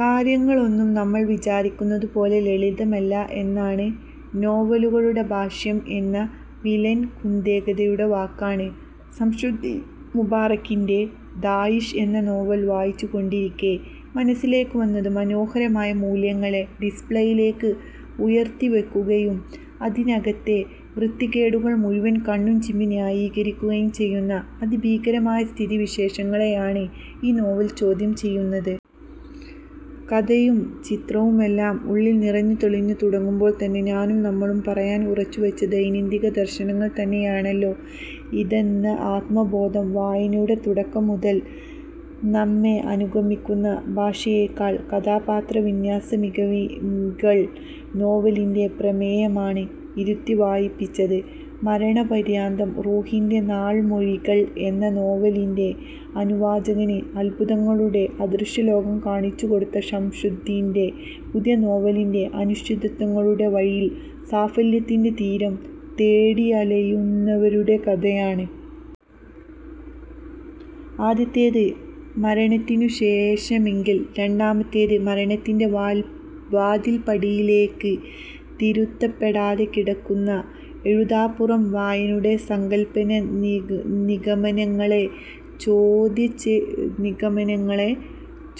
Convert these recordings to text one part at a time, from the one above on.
കാര്യങ്ങളൊന്നും നമ്മൾ വിചാരിക്കുന്നതുപോലെ ലളിതമല്ല എന്നതാണ് നോവലുകളുടെ ഭാഷ്യം എന്ന മിലൻ കുന്ദേരയുടെ വാക്കാണ് ശംസുദ്ദീൻ മുബാറക്കിന്റെ ' ദാഇശ് ' എന്ന നോവൽ വായിച്ചുകൊണ്ടിരിക്കേ മനസ്സിലേക്ക് വന്നത്. മനോഹര മൂല്യങ്ങളെ ഡിസ്പ്ലേയിലേക്ക് ഉയർത്തിവയ്ക്കുകയും, അതിനകത്തെ വൃത്തികേടുകളെ മുഴുവൻ കണ്ണുചിമ്മി ന്യായീകരിക്കുകയും ചെയ്യുന്ന അതിഭീകര സ്ഥിതിവിശേഷത്തെയാണ് ഈ നോവൽ ചോദ്യം ചെയ്യുന്നത്. കഥയും ചിത്രവുമെല്ലാം ഉള്ളിൽ നിറഞ്ഞ് തെളിഞ്ഞു തുടങ്ങുമ്പോൾതന്നെ ഞാനും നമ്മളും പറയാൻ ഉറച്ചുവച്ച നൈതിക ദർശനങ്ങൾ തന്നെയെല്ലോ ഇതെന്ന ആത്മബോധം വായനയുടെ തുടക്കം മുതൽ നമ്മെ അനുഗമിക്കുന്നു. ഭാഷയേക്കാൾ, കഥാപാത്ര വിന്യാസ മികവിനെക്കൾ നോവലിന്റെ പ്രമേയമാണ് ഇരുത്തി വായിപ്പിച്ചത്. ' മരണപര്യന്തം റൂഹിന്റെ നാൾമൊഴികൾ ' എന്ന നോവലിന്റെ അനുവാചകന് അത്ഭുതങ്ങളുടെ അദൃശ്യ ലോകം കാണിച്ചുകൊടുത്ത ശംഷുദ്ദീന്റെ പുതിയ നോവൽ അനിശ്ചിതത്വങ്ങളുടെ വഴിയിൽ സാഫല്യത്തിന്റെ തീരം തേടിയലയുന്നവരുടെ കഥയാണ്. ആദ്യത്തേത് മരണത്തിനു ശേഷമെങ്കിൽ, രണ്ടാമത്തേത് മരണത്തിന്റെ വാതിൽപ്പടിയിലേക്ക് തിരുത്തപ്പെടാതെ കിടക്കുന്ന എഴുതാപ്പുറം വായനയുടെ സങ്കൽപ്പ നിഗമനങ്ങളെ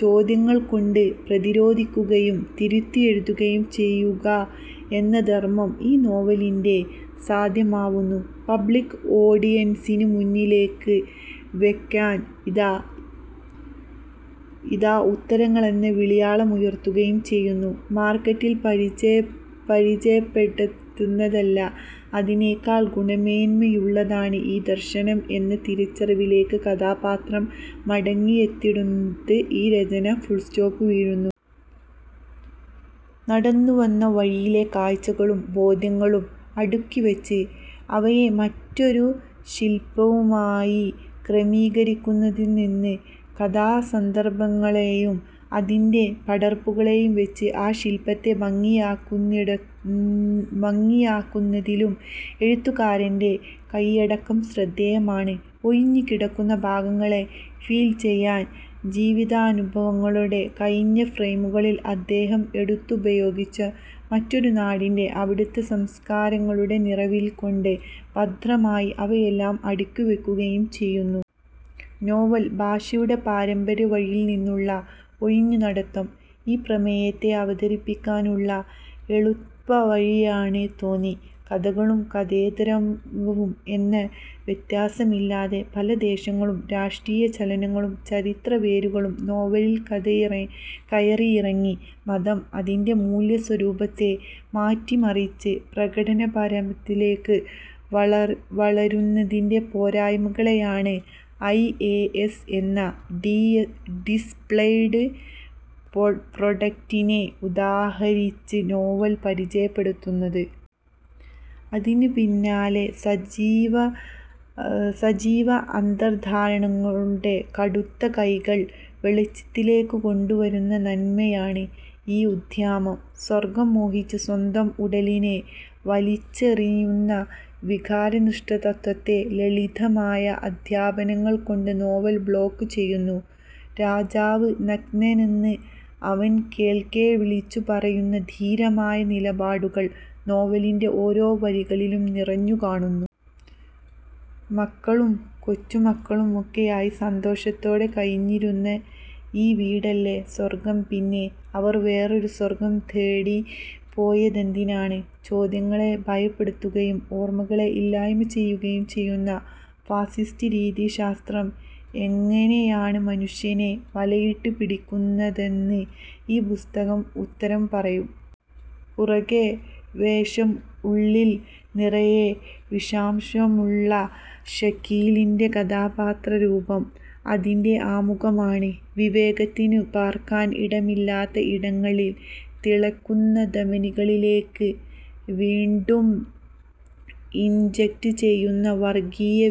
ചോദ്യങ്ങൾ കൊണ്ട് പ്രധിരോധിക്കുകയും തിരുത്തിയെഴുതുകയും ചെയ്യുക എന്ന ധർമ്മം ഈ നോവലിൽ സാധ്യമാവുന്നു. പബ്ലിക് ഓഡിയൻസിന് മുന്നിലേക്ക് വെക്കാൻ ഇതാ ഉത്തരങ്ങളെന്ന വിളിയാളമുയർത്തുകയും ചെയ്യുന്നു. മാർക്കറ്റിൽ പരിചയപ്പെടുത്തുന്നതല്ല, അതിനേക്കാൾ ഗുണമേന്മയുള്ളതാണ് ഈ ദർശനം എന്ന തിരിച്ചറിവിലേക്ക് കഥാപാത്രം മടങ്ങിയെത്തുന്നിടത്ത് ഈ രചനയ്ക്ക് ഫുൾസ്റ്റോപ്പ് വീഴുന്നു. നടന്നുവന്ന വഴിയിലെ കാഴ്ചകളും ബോധ്യങ്ങളും അടുക്കിവച്ച് അവയെ മറ്റൊരു ശിൽപവുമായി ക്രമീകരിക്കുന്നതിൽ നിന്ന് മാക്കുന്നതിലും, കഥാ സന്ദർഭങ്ങളെയും അതിന്റെ പടർപ്പുകളെയും വച്ച് ആ ശിൽപ്പത്തെ ഭംഗിയാക്കുന്നതിലും എഴുത്തുകാരന്റെ കയ്യടക്കം ശ്രദ്ധേയമാണ്. ഒഴിഞ്ഞുകിടക്കുന്ന ഭാഗങ്ങളെ ഫിൽ ചെയ്യാൻ ജീവിതാനുഭവങ്ങളുടെ ഒഴിഞ്ഞ ഫ്രെയിമുകൾ അദ്ദേഹം എടുത്തുപയോഗിച്ചു. മറ്റൊരു നാടിന്റെ, അവിടത്തെ സംസ്കാരങ്ങളുടെ നിറവുകൾ കൊണ്ട് ഭദ്രമായി അവയെല്ലാം അടുക്കിവയ്ക്കുകയും ചെയ്യുന്നു. നോവൽ ഭാഷയുടെ പാരമ്പര്യ വഴിയിൽനിന്നുള്ള ഒഴിഞ്ഞു നടത്തം ഈ പ്രമേയത്തെ അവതരിപ്പിക്കാനുള്ള എളുപ്പ വഴിയായി തോന്നി. കഥകളും കഥേതരവും എന്ന വ്യത്യാസങ്ങളില്ലാതെ പല ദേശങ്ങളും രാഷ്ട്രീയ ചലനങ്ങളും ചരിത്ര വേരുകളും നോവലിൽ കയറിയിറങ്ങി. മതം, അതിന്റെ മൂല്യ സ്വരൂപത്തെ മാറ്റിമറിച് പ്രകടനപരതയിലേക്ക് വളരുന്നതിലെ പോരായ്മകളെയാണ് ഐഎഎസ് എന്ന ഡിസ്പ്ലെഡ് പ്രൊഡക്ടിനെ ഉദാഹരിച്ച് നോവൽ പരിചയപ്പെടുത്തുന്നത്. അതിനു പിന്നാലെ സജീവ അന്തർധാരനകളുടെ കറുത്ത കൈകളെ വെളിച്ചത്തേക്ക് കൊണ്ടുവരുന്ന നന്മയാണ് ഈ ഉദ്യമം. സ്വർഗം മോഹിച്ച് സ്വന്തം ഉടലിനെ വലിച്ചെറിയുന്ന വികാരാധിഷ്ഠിത തത്വത്തെ ലളിതമായ അധ്യാപനങ്ങൾ കൊണ്ട് നോവൽ ബ്ലോക്ക് ചെയ്യുന്നു. രാജാവ് നഗ്നനെന്ന് അവർ കേൾക്കെ വിളിച്ചു പറയുന്ന ധീരമായ നിലപാടുകൾ നോവലിലെ ഓരോ വരികളിലും നിറഞ്ഞു കാണുന്നു. '' മക്കളും കൊച്ചുമക്കളുമൊക്കെയായി സന്തോഷത്തോടെ കഴിഞ്ഞിരുന്ന ഈ വീടല്ലേ സ്വർഗം. പിന്നെ അവർ വേറൊരു സ്വർഗം തേടി പോയതെന്തിനാണ്? '' ചോദ്യങ്ങളെ ഭയപ്പെടുത്തുകയും, ഓർമ്മകളെ ഇല്ലായ്മ ചെയ്യുകയും ചെയ്യുന്ന ഫാസിസ്റ്റ് രീതിശാസ്ത്രം എങ്ങനെയാണ് മനുഷ്യനെ വലയിട്ടു പിടിക്കുന്നതെന്നതിന് ഈ പുസ്തകം ഉത്തരം പറയും. പുറകെ വേഷം ഉള്ളിൽ നിറയെ വിഷാംശമുള്ള ഷക്കീലിന്റെ കഥാപാത്രരൂപം അതിന്റെ ആമുഖമാണ്. വിവേകത്തിന് പാർക്കാൻ ഇടമില്ലാത്ത ഇടങ്ങളിൽ, തിളയ്ക്കുന്ന ധമനികളിലേക്ക് വീണ്ടും ഇൻജെക്റ്റ് ചെയ്യുന്ന വർഗീയ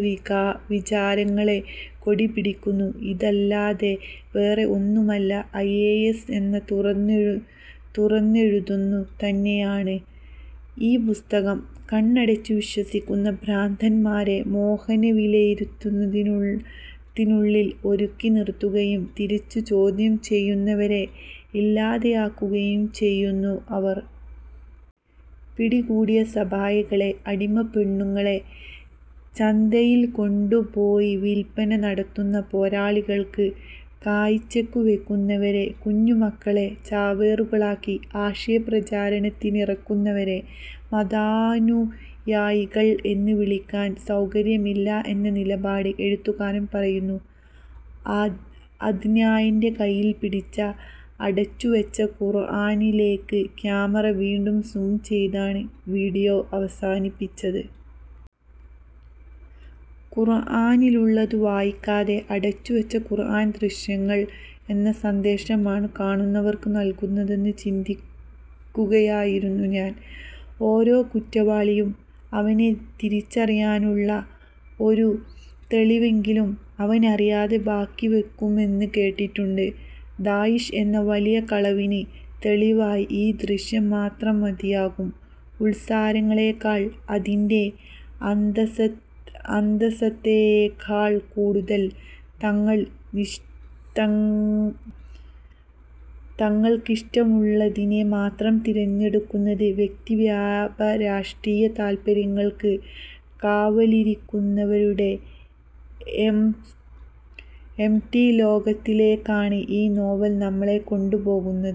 വിചാരങ്ങൾ കൊടിപിടിക്കുന്നു. ഇതല്ലാതെ വേറെ ഒന്നുമല്ല ഐഎഎസ് എന്ന തുറന്നെഴുതു തന്നെയാണ് ഈ പുസ്തകം. കണ്ണടച്ചു വിശ്വസിക്കുന്ന ഭ്രാന്തന്മാരെ മോഹന വിലയിരുത്തുന്നതിനുള്ളിൽ ഒരുക്കി നിർത്തുകയും, തിരിച്ചു ചോദ്യം ചെയ്യുന്നവരെ ഇല്ലാതെയാക്കുകയും ചെയ്യുന്നു അവർ. പിടികൂടിയ സബായകളെ- അടിമപ്പെണ്ണുങ്ങളെ- ചന്തയിൽ കൊണ്ടുപോയി വിൽപ്പന നടത്തുന്ന, പോരാളികൾക്ക് കാഴ്ചവയ്ക്കുന്നവരെ, കുഞ്ഞുമക്കളെ ചാവേറുകളാക്കി ആശയ പ്രചാരണത്തിനിറക്കുന്നവരെ മതാനുയായികൾ എന്ന് വിളിക്കാൻ സൗകര്യമില്ല എന്ന നിലപാടാണ് എഴുത്തുകാരൻ പറയുന്നത്. '' അദ്നാന്റെ കയ്യിൽ പിടിച്ച അടച്ചുവച്ച ഖുർആനിലേക്ക് ക്യാമറ വീണ്ടും സൂം ചെയ്താണ് വീഡിയോ അവസാനിപ്പിച്ചത്. ഖുർആനിലുള്ളത് വായിക്കാതെ അടച്ചുവച്ച ഖുർആൻ ദൃശ്യങ്ങൾ എന്ത് സന്ദേശമാണ് കാണുന്നവർക്ക് നൽകുന്നതെന്ന് ചിന്തിക്കുകയായിരുന്നു ഞാൻ. ഓരോ കുറ്റവാളിയും അവനെ തിരിച്ചറിയാനുള്ള ഒരു തെളിവെങ്കിലും അവനറിയാതെ ബാക്കിയാക്കുമെന്ന് കേട്ടിട്ടുണ്ട്. ദാഇശ് എന്ന വലിയ കളവിന് തെളിവായി ഈ ദൃശ്യം മാത്രം മതിയാകും '' ഉൾസാരങ്ങളെക്കാൾ, അതിന്റെ അന്തസത്തയേക്കാൾ കൂടുതൽ, തങ്ങൾക്കിഷ്ടമുള്ളതിനെ മാത്രം തിരഞ്ഞെടുത്തത് വ്യക്തി വ്യാപാര രാഷ്ട്രീയ താല്പര്യൾക്ക് കാവലിരിക്കുന്നവരുടെ എംപ്റ്റി ലോകത്തിലേക്കാണ് ഈ നോവൽ നമ്മളെ കൊണ്ടുപോകുന്നത്.